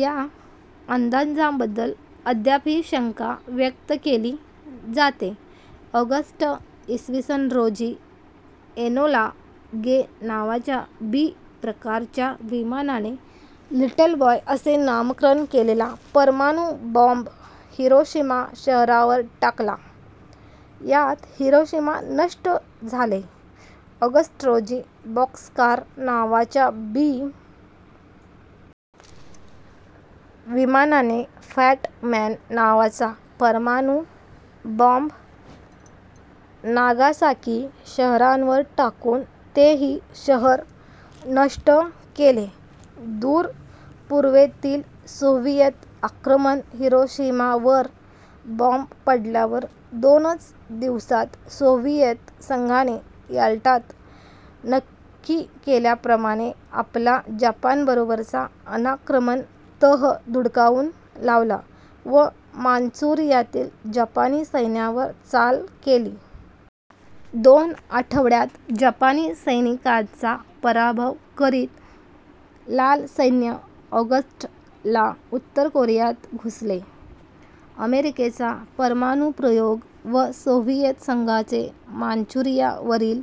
या अंदाजांबद्दल अद्यापही शंका व्यक्त केली जाते. ऑगस्ट, इ. स. रोजी एनोला गे नावाच्या बी. प्रकारच्या विमानाने लिटल बॉय असे नामकरण केलेला परमाणु बॉम्ब हिरोशिमा शहरावर टाकला. यात हिरोशिमा नष्ट झाले. ऑगस्ट रोजी बॉक्सकार नावाच्या बी. विमानाने फॅट मॅन नावाचा परमाणु बॉम्ब नागासाकी शहरावर टाकून तेही शहर नष्ट केले. दूरपूर्वेतील सोव्हिएत आक्रमण हिरोशिमावर बॉम्ब पडल्यावर दोनच दिवसात सोव्हिएत संघाने याल्टात नक्की केल्याप्रमाणे आपला जपानबरोबरचा अनाक्रमण तह धुडकावून लावला व मांचुरियातील जपानी सैन्यावर चाल केली. दोन आठवड्यात जपानी सैनिकांचा पराभव करीत लाल सैन्य ऑगस्ट ला उत्तर कोरियात घुसले. अमेरिकेचा परमाणुप्रयोग व सोव्हिएत संघाचे मांचुरियावरील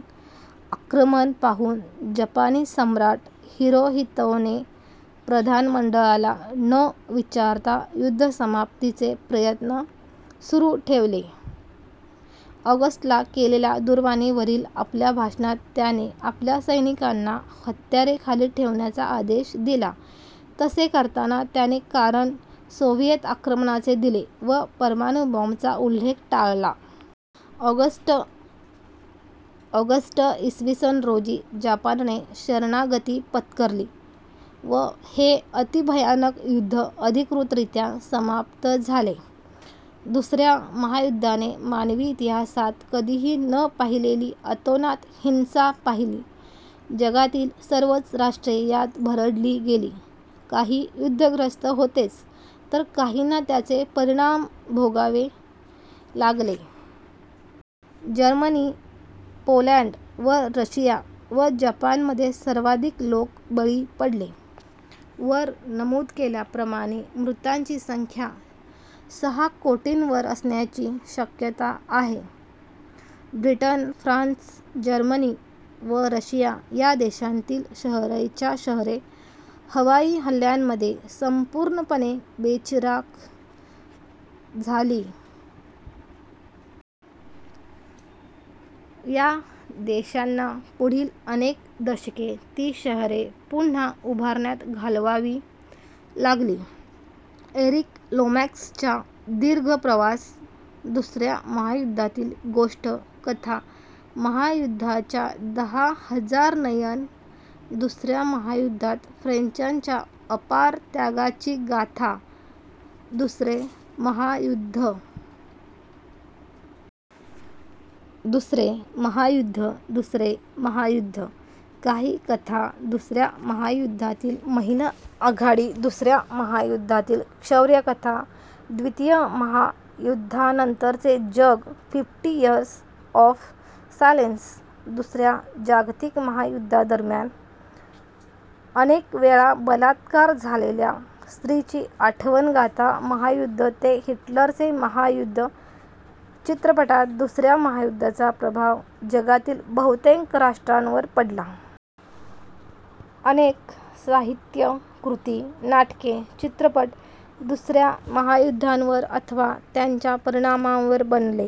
आक्रमण पाहून जपानी सम्राट हिरोहितोने प्रधानमंडळाला न विचारता युद्धसमाप्तीचे प्रयत्न सुरू केले. ऑगस्ट ला केलेल्या दूरवाणीवरील आपल्या भाषणात त्याने आपल्या सैनिकांना हत्यारे खाली ठेवण्याचा आदेश दिला तसे करताना त्याने कारण सोव्हिएत आक्रमणाचे दिले व परमाणुबॉम्बचा उल्लेख टाळला. ऑगस्ट, इ. स. रोजी जपानने शरणागती पत्करली व हे अतिभयानक युद्ध अधिकृतरीत्या समाप्त झाले. दुसऱ्या महायुद्धाने मानवी इतिहासात कधीही न पाहिलेली अतोनात हिंसा पाहिली. जगातील सर्वच राष्ट्रे यात भरडली गेली. काही युद्धग्रस्त होतेच तर काहींना त्याचे परिणाम भोगावे लागले. जर्मनी, पोलंड व रशिया व जपानमध्ये सर्वाधिक लोक बळी पडले. वर नमूद केल्याप्रमाणे मृतांची संख्या सहा कोटीवर असण्याची शक्यता आहे. ब्रिटन, फ्रान्स, जर्मनी व रशिया या देशांतील शहरेच्या शहरे हवाई हल्यांमध्ये संपूर्णपणे बेचिराख झाली. या देशांना पुढील अनेक दशके ती शहरे पुन्हा उभारण्यात घालवावी लागली. एरिक लोमॅक्सच्या दीर्घ प्रवास: दुसऱ्या महायुद्धातील गोष्ट कथा महायुद्धाच्या दहा हजार नयन: दुसऱ्या महायुद्धात फ्रेंचांच्या अपार त्यागाची गाथा! दुसरे महायुद्ध दुसरे महायुद्ध दुसरे महायुद्ध: काही कथा दुसऱ्या महायुद्धातील महिला आघाडी दुसऱ्या महायुद्धातील शौर्यकथा द्वितीय महायुद्धानंतरचे जग फिफ्टी इअर्स ऑफ़ सायलेन्स: दुसऱ्या जागतिक महायुद्धादरम्यान अनेक वेळा बलात्कार झालेल्या स्त्रीची आठवणगाथा महायुद्ध ते हिटलरचे महायुद्ध चित्रपटात दुसऱ्या महायुद्धाचा प्रभाव जगातील बहुतेक राष्ट्रांवर पडला. अनेक साहित्य कृती, नाटके, चित्रपट दुसऱ्या महायुद्धावर अथवा त्यांच्या परिणामांवर बनले.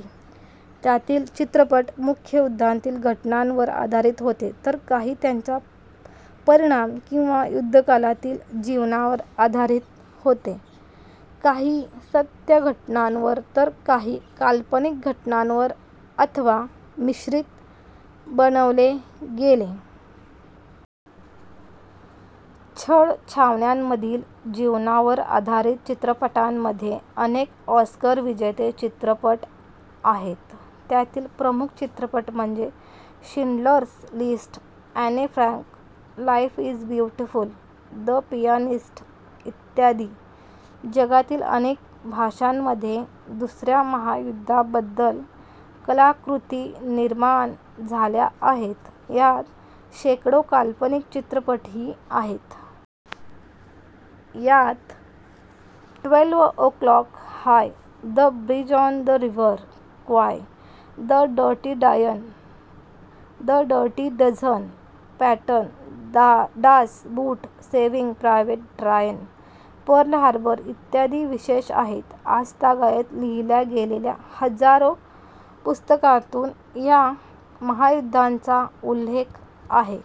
त्यातील चित्रपट मुख्य युद्धातील घटनांवर आधारित होते तर काही त्याच्या परिणाम किंवा युद्धकालातील जीवनावर आधारित होते. काही सत्य घटनांवर तर काही काल्पनिक घटनांवर अथवा मिश्रित बनवले गेले. छळछावण्यामधील जीवनावर आधारीत चित्रपटांमध्ये अनेक ऑस्कर विजेते चित्रपट आहेत. त्यातील प्रमुख चित्रपट म्हणजे Schindler's list, Anne Frank, life is beautiful, the pianist इत्यादी. जगातील अनेक भाषांमध्ये दुसऱ्या महायुद्धाबद्दल कलाकृती निर्माण झाल्या आहेत. यात शेकडो काल्पनिक चित्रपटही आहेत. यात twelve o'clock high, the bridge on the river Kwai, the dirty dozen, Patton, Das Boot, saving private Ryan, Pearl Harbor इ. विशेष आहेत. आजतगायत लिहिल्या गेलेल्या हजारो पुस्तकांतून या महायुद्धाचा उल्लेख आहे.